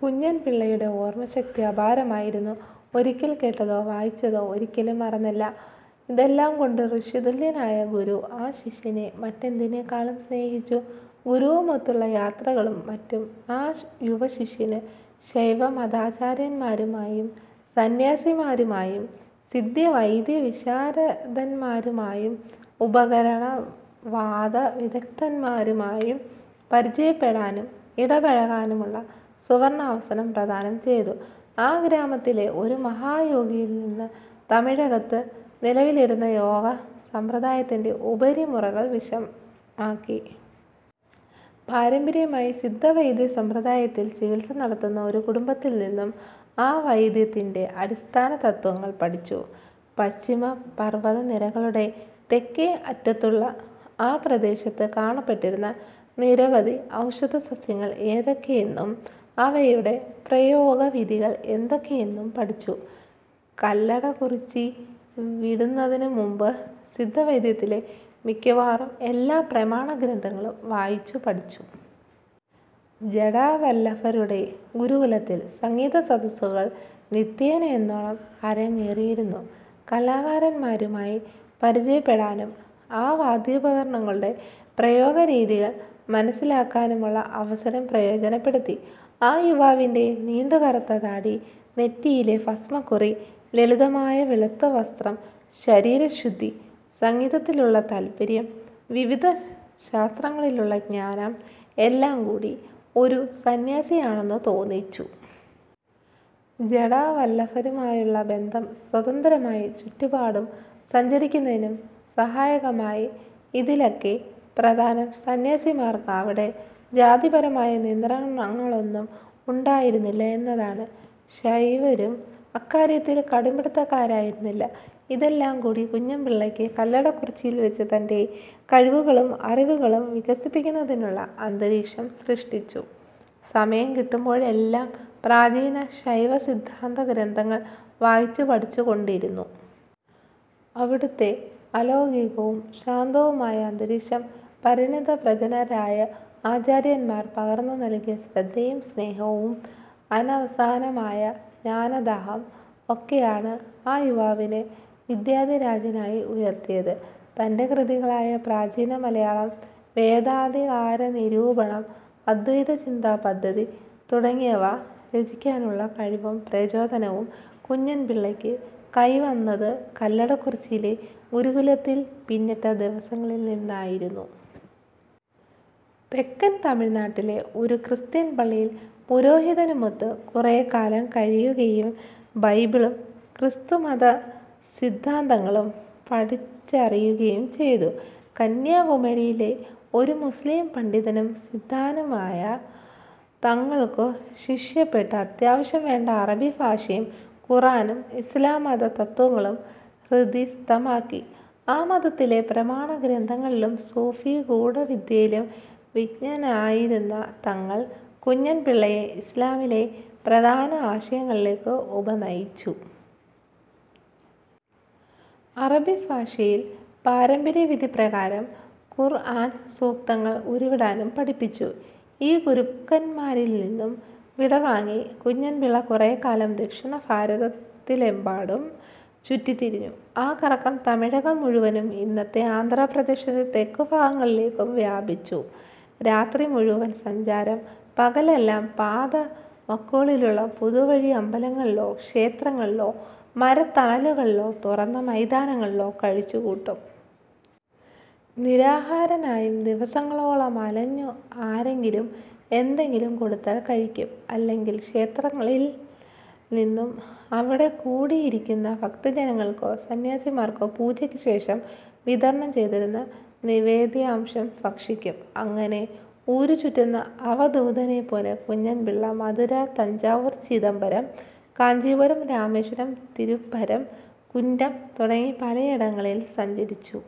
കുഞ്ഞൻപിള്ളയുടെ ഓർമ്മ ശക്തി അപാരമായിരുന്നു. ഒരിക്കൽ കേട്ടതോ വായിച്ചതോ ഒരിക്കലും മറന്നില്ല. ഇതെല്ലാംകൊണ്ടു് ഋഷി തുല്യനായ ഗുരു ആ ശിഷ്യനെ മറ്റെന്തിനെക്കാളും സ്നേഹിച്ചു. ഗുരുവുമൊത്തുള്ള യാത്രകളും മറ്റും ആ യുവശിഷ്യനു് ശൈവമതാചാര്യന്മാരുമായും, സന്ന്യാസിമാരുമായും, സിദ്ധ്യവൈദ്യവിശാരദന്മാരുമായും, ഉപകരണ വാദനവിദഗ്ദ്ധരുമായും പരിചയപ്പെടാനും ഇടപഴകാനുമുള്ള സുവർണ്ണാവസരം പ്രദാനം ചെയ്തു. ആ ഗ്രാമത്തിലെ ഒരു മഹായോഗിയിൽ നിന്നു് തമിഴകത്തു നിലവിലിരുന്ന യോഗ സമ്പ്രദായത്തിന്റെ ഉപരി മുറകൾ വശമാക്കി. പാരമ്പര്യമായി സിദ്ധവൈദ്യ സമ്പ്രദായത്തിൽ ചികിത്സ നടത്തുന്ന ഒരു കുടുംബത്തിൽനിന്നും ആ വൈദ്യത്തിന്റെ അടിസ്ഥാനതത്ത്വങ്ങൾ പഠിച്ചു. പശ്ചിമ പർവത നിരകളുടെ തെക്കേ അറ്റത്തുള്ള ആ പ്രദേശത്തു് കാണപ്പെട്ടിരുന്ന നിരവധി ഔഷധസസ്യങ്ങൾ ഏതൊക്കെയെന്നും, അവയുടെ പ്രായോഗവിധികൾ എന്തൊക്കെയെന്നും പഠിച്ചു. കല്ലടക്കുറിച്ചി വിടുന്നതിനുമുമ്പു് സിദ്ധവൈദ്യത്തിലെ മിക്കവാറും എല്ലാ പ്രമാണ ഗ്രന്ഥങ്ങളും വായിച്ചു പഠിച്ചു. ജടാവല്ലഭരുടെ ഗുരുകുലത്തിൽ സംഗീത സദസ്സുകൾ നിത്യേനയെന്നോണം അരങ്ങേറിയിരുന്നു. കലാകാരന്മാരുമായി പരിചയപ്പെടാനും, ആ വാദ്യോപകരണങ്ങളുടെ പ്രയോഗരീതികൾ മനസ്സിലാക്കാനുമുള്ള അവസരം പ്രയോജനപ്പെടുത്തി. ആ യുവാവിന്റെ നീണ്ടു കറുത്ത താടി, നെറ്റിയിലെ ഭസ്മക്കുറി, ലളിതമായ വെളുത്ത വസ്ത്രം, ശരീരശുദ്ധി, സംഗീതത്തിലുള്ള താല്പര്യം, വിവിധ ശാസ്ത്രങ്ങളിലുള്ള ജ്ഞാനം, എല്ലാംകൂടി ഒരു സന്ന്യാസിയാണെന്നു തോന്നിച്ചു. ജടാവല്ലഭരുമായുള്ള ബന്ധം സ്വതന്ത്രമായി ചുറ്റുപാടും സഞ്ചരിക്കുന്നതിനും സഹായകമായി. ഇതിലൊക്കെ പ്രധാനം സന്ന്യാസിമാർക്കു് അവിടെ ജാതിപരമായ നിയന്ത്രണങ്ങളൊന്നും ഉണ്ടായിരുന്നില്ല എന്നതാണു്. ശൈവരും അക്കാര്യത്തിൽ കടുംപിടിത്തക്കാരായിരുന്നില്ല. ഇതെല്ലാം കൂടി കുഞ്ഞൻപിള്ളയ്ക്ക് കല്ലടക്കുറിച്ചിയിൽ വച്ചു് തന്റെ കഴിവുകളും അറിവുകളും വികസിപ്പിക്കുന്നതിനുള്ള അന്തരീക്ഷം സൃഷ്ടിച്ചു. സമയം കിട്ടുമ്പോഴെല്ലാം പ്രാചീന ശൈവസിദ്ധാന്ത ഗ്രന്ഥങ്ങൾ വായിച്ചു പഠിച്ചുകൊണ്ടിരുന്നു. അവിടുത്തെ അലൗകികവും ശാന്തവുമായ അന്തരീക്ഷം, പരിണത പ്രജനരായ ആചാര്യന്മാർ പകർന്നു നൽകിയ ശ്രദ്ധയും സ്നേഹവും, അനവസാനമായ ജ്ഞാനദാഹം, ഒക്കെയാണു് ആ യുവാവിനെ വിദ്യധിരാജനായി ഉയർത്തിയതു്. തന്റെ കൃതികളായ പ്രാചീന മലയാളം, വേദാധികാരനിരൂപണം, അദ്വൈതചിന്താപദ്ധതി തുടങ്ങിയവ രചിക്കാനുള്ള കഴിവും പ്രചോദനവും കുഞ്ഞൻപിള്ളയ്ക്കു കൈവന്നതു് കല്ലടക്കുറിച്ചിയിലെ ഗുരുകുലത്തിൽ പിന്നിട്ട ദിവസങ്ങളിൽ നിന്നായിരുന്നു. തെക്കൻ തമിഴു്നാട്ടിലെ ഒരു ക്രിസ്ത്യൻ പള്ളിയിൽ പുരോഹിതനുമൊത്തു് കുറെക്കാലം കഴിയുകയും, ബൈബിളും ക്രിസ്തുമതസിദ്ധാന്തങ്ങളും പഠിച്ചറിയുകയും ചെയ്തു. കന്യാകുമാരിയിലെ ഒരു മുസ്ലീം പണ്ഡിതനും സിദ്ധാനുമായ തങ്ങൾക്കു ശിഷ്യപ്പെട്ടു് അത്യാവശ്യം വേണ്ട അറബി ഭാഷയും ഖുറാനും ഇസ്ലാംമത തത്ത്വങ്ങളും ഹൃദിസ്ഥമാക്കി. ആ മതത്തിലെ പ്രമാണഗ്രന്ഥങ്ങളിലും സൂഫി ഗൂഢവിദ്യയിലും വിജ്ഞനായിരുന്ന തങ്ങൾ കുഞ്ഞൻപിള്ളയെ ഇസ്ലാമിലെ പ്രധാന ആശയങ്ങളിലേക്കു് ഉപനയിച്ചു. അറബി ഭാഷയിൽ പാരമ്പര്യവിധി പ്രകാരം ഖുർ-ആൻ സൂക്തങ്ങൾ ഉരുവിടാനും പഠിപ്പിച്ചു. ഈ ഗുരുക്കന്മാരിൽ നിന്നു വിടവാങ്ങി കുഞ്ഞൻപിള്ള കുറെക്കാലം ദക്ഷിണ ഭാരതത്തിലെമ്പാടും ചുറ്റിത്തിരിഞ്ഞു. ആ കറക്കം തമിഴകം മുഴുവനും, ഇന്നത്തെ ആന്ധ്രാപ്രദേശിന്റെ തെക്കുഭാഗങ്ങളിലേക്കും വ്യാപിച്ചു. രാത്രി മുഴുവൻ സഞ്ചാരം. പകലെല്ലാം പാതവക്കുകളിലുള്ള പൊതുവഴിയമ്പലങ്ങളിലോ, ക്ഷേത്രങ്ങളിലോ, മരത്തണലുകളിലോ, തുറന്ന മൈതാനങ്ങളിലോ കഴിച്ചുകൂട്ടും. നിരാഹാരനായും ദിവസങ്ങളോളം അലഞ്ഞു. ആരെങ്കിലും എന്തെങ്കിലും കൊടുത്താൽ കഴിക്കും; അല്ലെങ്കിൽ ക്ഷേത്രങ്ങളിൽ നിന്നു് അവിടെ കൂടിയിരിക്കുന്ന ഭക്തജനങ്ങൾക്കോ സന്ന്യാസിമാർക്കോ പൂജയ്ക്കു ശേഷം വിതരണം ചെയ്തിരുന്ന നിവേദ്യാംശം ഭക്ഷിക്കും. അങ്ങനെ ഊരുചുറ്റുന്ന അവധൂതനെപ്പോലെ കുഞ്ഞൻപിള്ള മധുര, തഞ്ചാവൂർ, ചിദംബരം, കാഞ്ചീപുരം, രാമേശ്വരം, തിരുപ്പരം കുന്റം തുടങ്ങി പലയിടങ്ങളിലും സഞ്ചരിച്ചു.